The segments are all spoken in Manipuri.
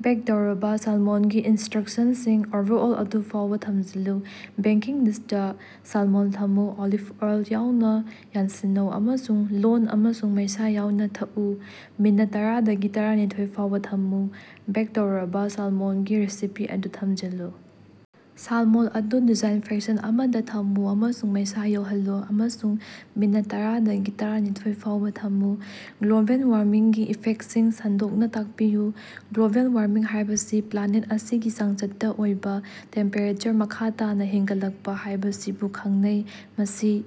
ꯕꯦꯛ ꯇꯧꯔꯕꯥ ꯁꯥꯜꯃꯣꯟꯒꯤ ꯏꯟꯁꯇ꯭ꯔꯛꯁꯟꯁꯤꯡ ꯑꯣꯚꯔꯑꯣꯜ ꯑꯗꯨ ꯐꯥꯎꯕꯥ ꯊꯝꯖꯤꯜꯂꯨ꯫ ꯕꯦꯀꯤꯡ ꯗꯤꯁꯇꯥ ꯁꯥꯜꯃꯣꯟ ꯊꯝꯃꯨ꯫ ꯑꯣꯂꯤꯞ ꯑꯣꯏꯜ ꯌꯥꯎꯅꯥ ꯌꯥꯟꯁꯤꯟꯅꯧ ꯑꯃꯁꯨꯡ ꯂꯣꯟ ꯑꯃꯁꯨꯡ ꯃꯩꯁꯥ ꯌꯥꯎꯅꯥ ꯊꯛꯎ꯫ ꯃꯤꯅꯠ ꯇꯔꯥꯗꯒꯤ ꯇꯔꯥꯅꯤꯊꯣꯏ ꯐꯥꯎꯕꯥ ꯊꯝꯃꯨ꯫ ꯕꯦꯛ ꯇꯧꯔꯕꯥ ꯁꯥꯜꯃꯣꯟꯒꯤ ꯔꯦꯁꯤꯄꯤ ꯑꯗꯨ ꯊꯝꯖꯤꯜꯂꯨ, ꯁꯥꯜꯃꯣꯟ ꯑꯗꯨ ꯗꯤꯁꯏꯟꯐꯦꯛꯁꯟ ꯑꯃꯗꯥ ꯊꯝꯃꯨ ꯑꯃꯁꯨꯡ ꯃꯩꯁꯥ ꯌꯥꯎꯍꯜꯂꯨ ꯑꯃꯁꯨꯡ ꯃꯤꯅꯠ ꯇꯔꯥꯗꯒꯤ ꯇꯔꯥꯅꯤꯊꯣꯏ ꯐꯥꯎꯕꯥ ꯊꯝꯃꯨ꯫ ꯒ꯭ꯂꯣꯕꯦꯜ ꯋꯥꯔꯃꯤꯡꯒꯤ ꯏꯐꯦꯛꯁꯤꯡ ꯁꯟꯗꯣꯛꯅꯥ ꯇꯥꯛꯄꯤꯌꯨ꯫ ꯒ꯭ꯂꯣꯕꯦꯜ ꯋꯥꯔꯃꯤꯡ ꯍꯥꯏꯕꯁꯤ ꯄ꯭ꯂꯥꯅꯦꯠ ꯑꯁꯤꯒꯤ ꯆꯥꯡꯆꯠꯇꯥ ꯑꯣꯏꯕꯥ ꯇꯦꯝꯄꯦꯔꯦꯆꯔ ꯃꯈꯥ ꯇꯥꯅꯥ ꯍꯦꯟꯒꯠꯂꯛꯄꯥ ꯍꯥꯏꯕꯁꯤꯕꯨ ꯈꯪꯅꯩ, ꯃꯁꯤ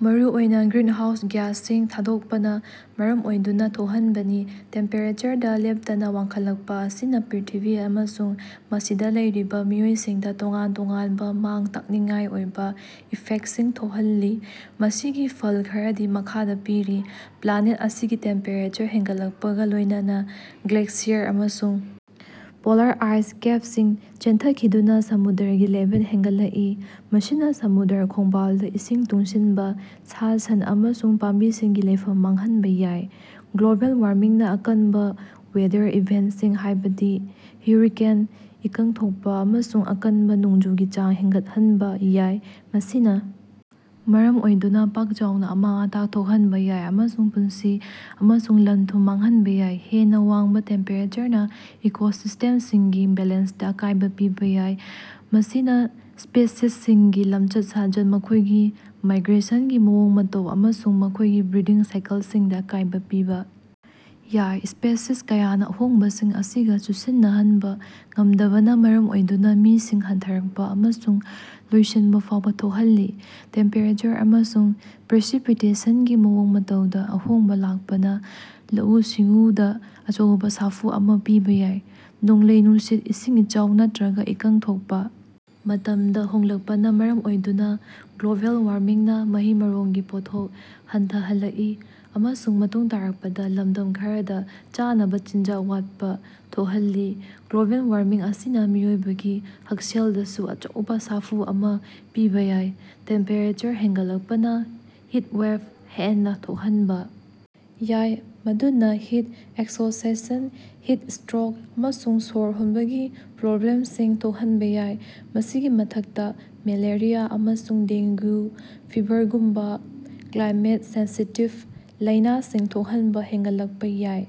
ꯃꯔꯨꯑꯣꯏꯅꯥ ꯒ꯭ꯔꯤꯟꯍꯥꯎꯁ ꯒ꯭ꯌꯥꯁꯁꯤꯡ ꯊꯥꯗꯣꯛꯄꯅꯥ ꯃꯔꯝ ꯑꯣꯏꯗꯨꯅꯥ ꯊꯣꯛꯍꯟꯕꯅꯤ꯫ ꯇꯦꯝꯄꯦꯔꯦꯆꯔꯗꯥ ꯂꯦꯞꯇꯅꯥ ꯋꯥꯡꯈꯠꯂꯛꯄꯥ ꯑꯁꯤꯅꯥ ꯄ꯭ꯔꯤꯊꯤꯕꯤ ꯑꯃꯁꯨꯡ ꯃꯁꯤꯗꯥ ꯂꯩꯔꯤꯕꯥ ꯃꯤꯑꯣꯏꯁꯤꯡꯗꯥ ꯇꯣꯉꯥꯟ-ꯇꯣꯉꯥꯟꯕꯥ ꯃꯥꯡ-ꯇꯥꯛꯅꯤꯡꯉꯥꯏ ꯑꯣꯏꯕꯥ ꯏꯐꯦꯛꯁꯤꯡ ꯊꯣꯛꯍꯜꯂꯤ꯫ ꯃꯁꯤꯒꯤ ꯐꯜ ꯈꯔꯗꯤ ꯃꯈꯥꯗꯥ ꯄꯤꯔꯤ꯫ ꯄ꯭ꯂꯥꯅꯦꯠ ꯑꯁꯤꯒꯤ ꯇꯦꯝꯄꯦꯔꯦꯆꯔ ꯍꯦꯟꯒꯠꯂꯛꯄꯒꯥ ꯂꯣꯏꯅꯅꯥ ꯒ꯭ꯂꯦꯁꯤꯌꯔ ꯑꯃꯁꯨꯡ ꯄꯣꯂꯥꯔ ꯑꯥꯏꯁ ꯀꯦꯞꯁꯤꯡ ꯆꯦꯟꯊꯈꯤꯗꯨꯅꯥ ꯁꯃꯨꯗ꯭ꯔꯒꯤ ꯂꯦꯚꯦꯜ ꯍꯦꯟꯒꯠꯂꯛꯏ꯫ ꯃꯁꯤꯅꯥ ꯁꯃꯨꯗ꯭ꯔ ꯈꯣꯡꯕꯥꯜꯗꯥ ꯏꯁꯤꯡ ꯇꯨꯡꯁꯤꯟꯕꯥ, ꯁꯥ-ꯁꯟ ꯑꯃꯁꯨꯡ ꯄꯥꯝꯕꯤꯁꯤꯡꯒꯤ ꯂꯩꯐꯝ ꯃꯥꯡꯍꯟꯕꯥ ꯌꯥꯏ꯫ ꯒ꯭ꯂꯣꯕꯦꯜ ꯋꯥꯔꯃꯤꯡꯅꯥ ꯑꯀꯟꯕꯥ ꯋꯦꯗꯔ ꯏꯚꯦꯟꯁꯤꯡ, ꯍꯥꯏꯕꯗꯤ ꯍꯨꯔꯤꯀꯦꯟ, ꯏꯀꯪ ꯊꯣꯛꯄꯥ ꯑꯃꯁꯨꯡ ꯑꯀꯟꯕꯥ ꯅꯣꯡꯖꯨꯒꯤ ꯆꯥꯡ ꯍꯦꯟꯒꯠꯍꯟꯕꯥ ꯌꯥꯏ꯫ ꯃꯁꯤꯅꯥ ꯃꯔꯝ ꯑꯣꯏꯗꯨꯅꯥ ꯄꯥꯛ ꯆꯥꯎꯅꯥ ꯑꯃꯥꯡ-ꯑꯇꯥ ꯊꯣꯛꯍꯟꯕꯥ ꯌꯥꯏ ꯑꯃꯁꯨꯡ ꯄꯨꯟꯁꯤ ꯑꯃꯁꯨꯡ ꯂꯟ-ꯊꯨꯝ ꯃꯥꯡꯍꯟꯕꯥ ꯌꯥꯏ꯫ ꯍꯦꯟꯅꯥ ꯋꯥꯡꯕꯥ ꯇꯦꯝꯄꯦꯔꯦꯆꯔꯅꯥ ꯏꯀꯣꯁꯤꯁꯇꯦꯝꯁꯤꯡꯒꯤ ꯕꯦꯂꯦꯟꯁꯇꯥ ꯑꯀꯥꯏꯕꯥ ꯄꯤꯕꯥ ꯌꯥꯏ, ꯃꯁꯤꯅꯥ ꯁ꯭ꯄꯦꯁꯤꯁꯁꯤꯡꯒꯤ ꯂꯝꯆꯠ-ꯁꯥꯖꯠ, ꯃꯈꯣꯏꯒꯤ ꯃꯥꯏꯒ꯭ꯔꯦꯁꯟꯒꯤ ꯃꯑꯣꯡ-ꯃꯇꯧ ꯑꯃꯁꯨꯡ ꯃꯈꯣꯏꯒꯤ ꯕ꯭ꯔꯤꯗꯤꯡ ꯁꯥꯏꯀꯜꯁꯤꯡꯗꯥ ꯑꯀꯥꯏꯕꯥ ꯄꯤꯕꯥ ꯌꯥꯏ꯫ ꯁ꯭ꯄꯦꯁꯤꯁ ꯀꯌꯥꯅꯥ ꯑꯍꯣꯡꯕꯁꯤꯡ ꯑꯁꯤꯒꯥ ꯆꯨꯁꯤꯟꯅꯍꯟꯕꯥ ꯉꯝꯗꯕꯅꯥ ꯃꯔꯝ ꯑꯣꯏꯗꯨꯅꯥ ꯃꯤꯁꯤꯡ ꯍꯟꯊꯔꯛꯄꯥ ꯑꯃꯁꯨꯡ ꯂꯣꯏꯁꯤꯟꯕꯥ ꯐꯥꯎꯕꯥ ꯊꯣꯛꯍꯜꯂꯤ꯫ꯇꯦꯝꯄꯦꯔꯦꯆꯔ ꯑꯃꯁꯨꯡ ꯄ꯭ꯔꯦꯁꯤꯄꯤꯇꯦꯁꯟꯒꯤ ꯃꯑꯣꯡ ꯃꯇꯧꯗꯥ ꯑꯍꯣꯡꯕꯥ ꯂꯥꯛꯄꯅꯥ ꯂꯧꯎ-ꯁꯤꯡꯎꯗꯥ ꯑꯆꯧꯕꯥ ꯁꯥꯐꯨ ꯑꯃꯥ ꯄꯤꯕꯥ ꯌꯥꯏ꯫ ꯅꯣꯡꯂꯩ-ꯅꯨꯡꯁꯤꯠ, ꯏꯁꯤꯡ ꯏꯆꯥꯎ ꯅꯠꯇ꯭ꯔꯒꯥ ꯏꯀꯪ ꯊꯣꯛꯄꯥ ꯃꯇꯝꯗꯥ ꯍꯣꯡꯂꯛꯄꯅꯥ ꯃꯔꯝ ꯑꯣꯏꯗꯨꯅꯥ ꯒ꯭ꯂꯣꯕꯦꯜ ꯋꯥꯔꯃꯤꯡꯅꯥ ꯃꯍꯩ-ꯃꯔꯣꯡꯒꯤ ꯄꯣꯠꯊꯣꯛ ꯍꯟꯊꯍꯟꯂꯛꯏ ꯑꯃꯁꯨꯡ ꯃꯇꯨꯡ ꯇꯥꯔꯛꯄꯗꯥ ꯂꯝꯗꯝ ꯈꯔꯗꯥ ꯆꯥꯅꯕꯥ ꯆꯤꯟꯖꯥꯛ ꯋꯥꯠꯄꯥ ꯊꯣꯛꯍꯜꯂꯤ꯫ ꯒ꯭ꯂꯣꯕꯦꯜ ꯋꯥꯔꯃꯤꯡ ꯑꯁꯤꯅꯥ ꯃꯤꯑꯣꯏꯕꯒꯤ ꯍꯛꯁꯦꯜꯗꯁꯨ ꯑꯆꯧꯕꯥ ꯁꯥꯐꯨ ꯑꯃꯥ ꯄꯤꯕꯥ ꯌꯥꯏ꯫ ꯇꯦꯝꯄꯦꯔꯦꯆꯔ ꯍꯦꯟꯒꯠꯂꯛꯄꯅꯥ ꯍꯤꯠꯋꯦꯞ ꯍꯦꯟꯅꯥ ꯊꯣꯛꯍꯟꯕꯥ ꯌꯥꯏ, ꯃꯗꯨꯅꯥ ꯍꯤꯠ ꯑꯦꯛꯁꯣꯁꯦꯁꯟ, ꯍꯤꯠ ꯁ꯭ꯇꯔꯣꯛ ꯑꯃꯁꯨꯡ ꯁ꯭ꯋꯔ ꯍꯣꯟꯕꯒꯤ ꯄ꯭ꯔꯣꯕ꯭ꯂꯦꯝꯁꯤꯡ ꯊꯣꯛꯍꯟꯕꯥ ꯌꯥꯏ꯫ ꯃꯁꯤꯒꯤ ꯃꯊꯛꯇꯥ, ꯃꯦꯂꯦꯔꯤꯌꯥ ꯑꯃꯁꯨꯡ ꯗꯦꯡꯒꯨ ꯐꯤꯕꯔꯒꯨꯝꯕꯥ ꯀ꯭ꯂꯥꯏꯃꯦꯠ-ꯁꯦꯟꯁꯤꯇꯤꯞ ꯂꯥꯏꯅꯥꯁꯤꯡ ꯊꯣꯛꯄꯥ ꯍꯦꯟꯒꯠꯂꯛꯄꯥ ꯌꯥꯏ꯫